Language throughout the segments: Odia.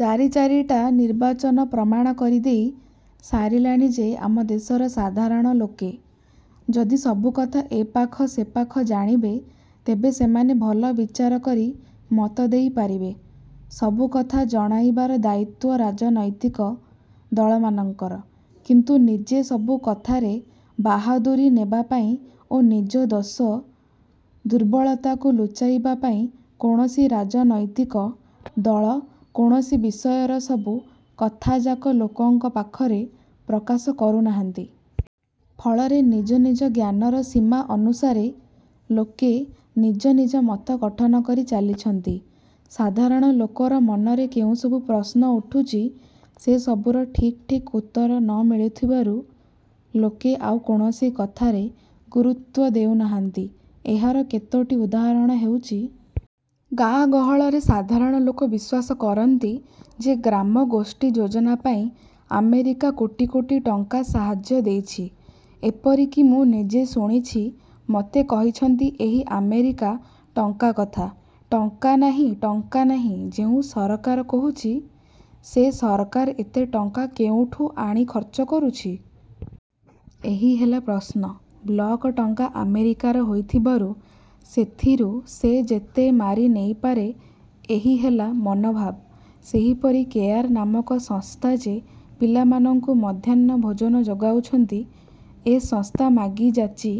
ଚାରି ଚାରିଟା ନିର୍ବାଚନ ପ୍ରମାଣ କରି ଦେଇ ସାରିଲାଣି ଯେ ଆମ ଦେଶର ସାଧାରଣ ଲୋକେ ଯଦି ସବୁ କଥା ଏପାଖ ସେପାଖ ଜାଣିବେ, ତେବେ ସେମାନେ ଭଲ ବିଚାର କରି ମତ ଦେଇ ପାରିବେ। ସବୁ କଥା ଜଣାଇବାର ଦାୟିତ୍ୱ ରାଜନୈତିକ ଦଳମାନଙ୍କର; କିନ୍ତୁ ନିଜେ ସବୁ କଥାରେ ବାହାଦୁରି ନେବା ପାଇଁ ଓ ନିଜ ଦୋଷ ଦୁର୍ବଳତାକୁ ଲୁଚାଇବା ପାଇଁ କୌଣସି ରାଜନୈତିକ ଦଳ କୌଣସି ବିଷୟର ସବୁ କଥାଯାକ ଲୋକଙ୍କ ପାଖରେ ପ୍ରକାଶ କରୁନାହାନ୍ତି। ଫଳରେ ନିଜ ନିଜ ଜ୍ଞାନର ସୀମା ଅନୁସାରେ ଲୋକେ ନିଜ ନିଜ ମତ ଗଠନକରି ଚାଲିଛନ୍ତି। ସାଧାରଣ ଲୋକର ମନରେ ଯେଉଁସବୁ ପ୍ରଶ୍ନ ଉଠୁଛି ସେ ସବୁର ଠିକ୍ ଠିକ୍ ଉତ୍ତର ନ ମିଳୁଥିବାରୁ ଲୋକେ ଆଉ କୌଣସି କଥାରେ ଗୁରୁତ୍ୱ ଦେଉ ନାହାନ୍ତି। ଏହାର କେତୋଟି ଉଦାହରଣ ଦେଉଛି। ଗାଁ ଗହଳରେ ସାଧାରଣ ଲୋକ ବିଶ୍ୱାସ କରନ୍ତି ଯେ ଗ୍ରାମଗୋଷ୍ଠୀ ଯୋଜନାପାଇଁ ଆମେରିକା କୋଟି କୋଟି ଟଙ୍କା ସାହାଯ୍ୟ ଦେଇଛି। ଏପରିକି ମୁଁ ନିଜେ ଶୁଣିଛି, ମୋତେ କହିଛନ୍ତି ଏହି ଆମେରିକା ଟଙ୍କା କଥା। ଟଙ୍କା ନାହିଁ, ଟଙ୍କା ନାହିଁ ଯେଉଁ ସରକାର କହୁଛି, ସେ ସରକାର ଏତେ ଟଙ୍କା କେଉଁଠୁ ଆଣି ଖର୍ଚ୍ଚ କରୁଛି? ଏହି ହେଲା ପ୍ରଶ୍ନ। ବ୍ଲକ ଟଙ୍କା ଆମେରିକାର ହୋଇଥିବାରୁ ସେଥିରୁ ସେ ଯେତେ ମାରି ନେଇପାରେ। ଏହି ହେଲା ମନୋଭାବ। ସେହିପରି କେୟାର ନାମକ ସଂସ୍ଥା ଯେ ପିଲାମାନଙ୍କୁ ମଧ୍ୟାହ୍ନ ଭୋଜନ ଯୋଗାଉଛନ୍ତି। ଏ ସଂସ୍ଥା ମାଗିଯାଚି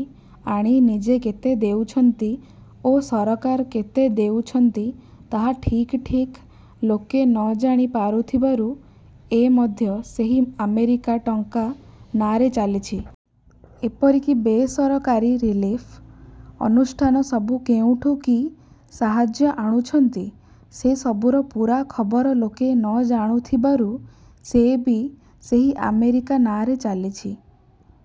ଆଣି ନିଜେ କେତେ ଦେଉଛନ୍ତି ଓ ସରକାର କେତେ ଦେଉଛନ୍ତି ତାହା ଠିକ୍ ଠିକ୍ ଲୋକେ ନ ଜାଣି ପାରୁଥିବାରୁ ଏ ମଧ୍ୟ ସେହି ଆମେରିକା ଟଙ୍କା ନାଁରେ ଚାଲିଛି। ଏପରିକି ବେସରକାରୀ ରିଲିଫ ଅନୁଷ୍ଠାନ ସବୁ କେଉଁଠୁ କି ସାହାଯ୍ୟ ଆଣୁଛନ୍ତି, ସେ ସବୁର ପୂରା ଖବର ଲୋକେ ନଜାଣୁଥିବାରୁ ସେ ବି ସେହି ଆମେରିକା ନାଁରେ ଚାଲିଛି।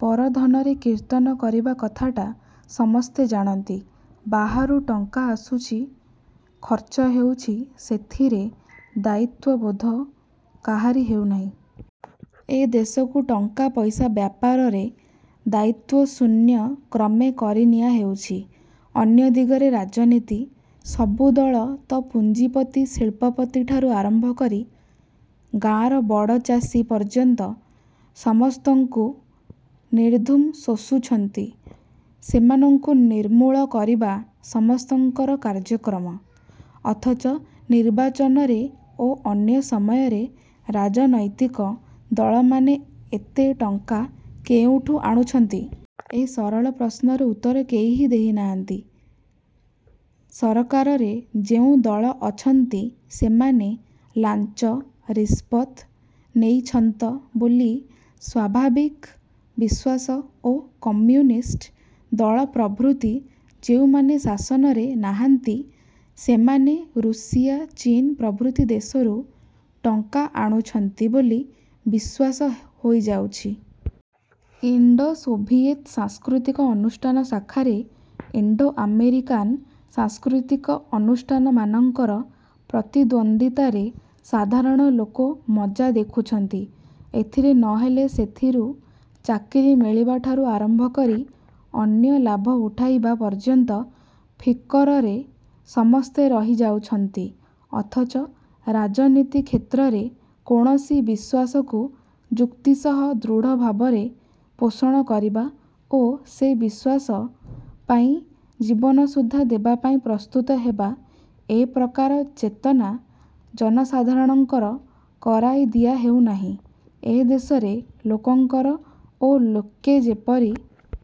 ପର ଧନରେ କୀର୍ତ୍ତନ କରିବା କଥାଟା ସମସ୍ତେ ଜାଣନ୍ତି। ବାହାରୁ ଟଙ୍କା ଆସୁଛି, ଖର୍ଚ୍ଚ ହେଉଛି, ସେଥିରେ ଦାୟିତ୍ୱବୋଧ କାହାରି ହେଉନାହିଁ। ଏ ଦେଶକୁ ଟଙ୍କାପଇସା ବ୍ୟାପାରରେ ଦାୟିତ୍ୱଶୂନ୍ୟ କ୍ରମେ କରିନିଆହେଉଛି। ଅନ୍ୟ ଦିଗରେ ରାଜନୀତି। ସବୁ ଦଳ। ତ ପୁଞ୍ଜିପତି, ଶିଳ୍ପପତିଠାରୁ ଆରମ୍ଭକରି ଗାଁର ବଡ଼ ଚାଷୀ ପର୍ଯ୍ୟନ୍ତ ସମସ୍ତଙ୍କୁ ନିର୍ଧୁମ୍ ଶୋଷୁଛନ୍ତି। ସେମାନଙ୍କୁ ନିର୍ମୂଳ କରିବା ସମସ୍ତଙ୍କର କାର୍ଯ୍ୟକ୍ରମ; ଅଥଚ ନିର୍ବାଚନରେ ଓ ଅନ୍ୟ ସମୟରେ ରାଜନୈତିକ ଦଳମାନେ ଏତେ ଟଙ୍କା କେଉଁଠୁ ଆଣୁଛନ୍ତି? ଏ ସରଳ ପ୍ରଶ୍ନର ଉତ୍ତର କେହି ଦେଇନାହାନ୍ତି। ସରକାରରେ ଯେଉଁ ଦଳ ଅଛନ୍ତି, ସେମାନେ ଲାଞ୍ଚ ରିସ୍ପତ ନେଇଛନ୍ତ ବୋଲି ସ୍ୱାଭାବିକ ବିଶ୍ୱାସ ଓ କମ୍ୟୁନିଷ୍ଟ ଦଳ ପ୍ରଭୃତି ଯେଉଁମାନେ ଶାସନରେ ନାହାନ୍ତି, ସେମାନେ ରୁଷିଆ, ଚୀନ ପ୍ରଭୃତି ଦେଶରୁ ଟଙ୍କା ଆଣୁଛନ୍ତି ବୋଲି ବିଶ୍ୱାସ ହୋଇଯାଉଛି। ଇଣ୍ଡୋ-ସୋଭିଏଟ ସାଂସ୍କୃତିକ ଅନୁଷ୍ଠାନ ଶାଖାରେ ଇଣ୍ଡୋଆମେରିକାନ ସାଂସ୍କୃତିକ ଅନୁଷ୍ଠାନମାନଙ୍କର ପ୍ରତିଦ୍ୱନ୍ଦ୍ୱିତାରେ ସାଧାରଣ ଲୋକ ମଜା ଦେଖୁଛନ୍ତି। ଏଥିରୁ ନ ହେଲେ ସେଥିରୁ ଚାକିରି ମିଳିବାଠାରୁ ଆରମ୍ଭ କରି ଅନ୍ୟ ଲାଭ ଉଠାଇବା ପର୍ଯ୍ୟନ୍ତ ଫିକରରେ ସମସ୍ତେ ରହି ଯାଉଛନ୍ତି; ଅଥଚ ରାଜନୀତିକ୍ଷେତ୍ରରେ କୌଣସି ବିଶ୍ୱାସକୁ ଯୁକ୍ତି ସହ ଦୃଢ଼ ଭାବରେ ପୋଷଣ କରିବା ଓ ସେ ବିଶ୍ୱାସ ପାଇଁ ଜୀବନ ସୁଦ୍ଧା ଦେବାପାଇଁ ପ୍ରସ୍ତୁତ ହେବା ଏପ୍ରକାର ଚେତନା ଜନସାଧାରଣଙ୍କର କରାଇ ଦିଆ ହେଉନାହିଁ। ଏ ଦେଶରେ ଲୋକଙ୍କର ଓ ଲୋକେ ଯେପରି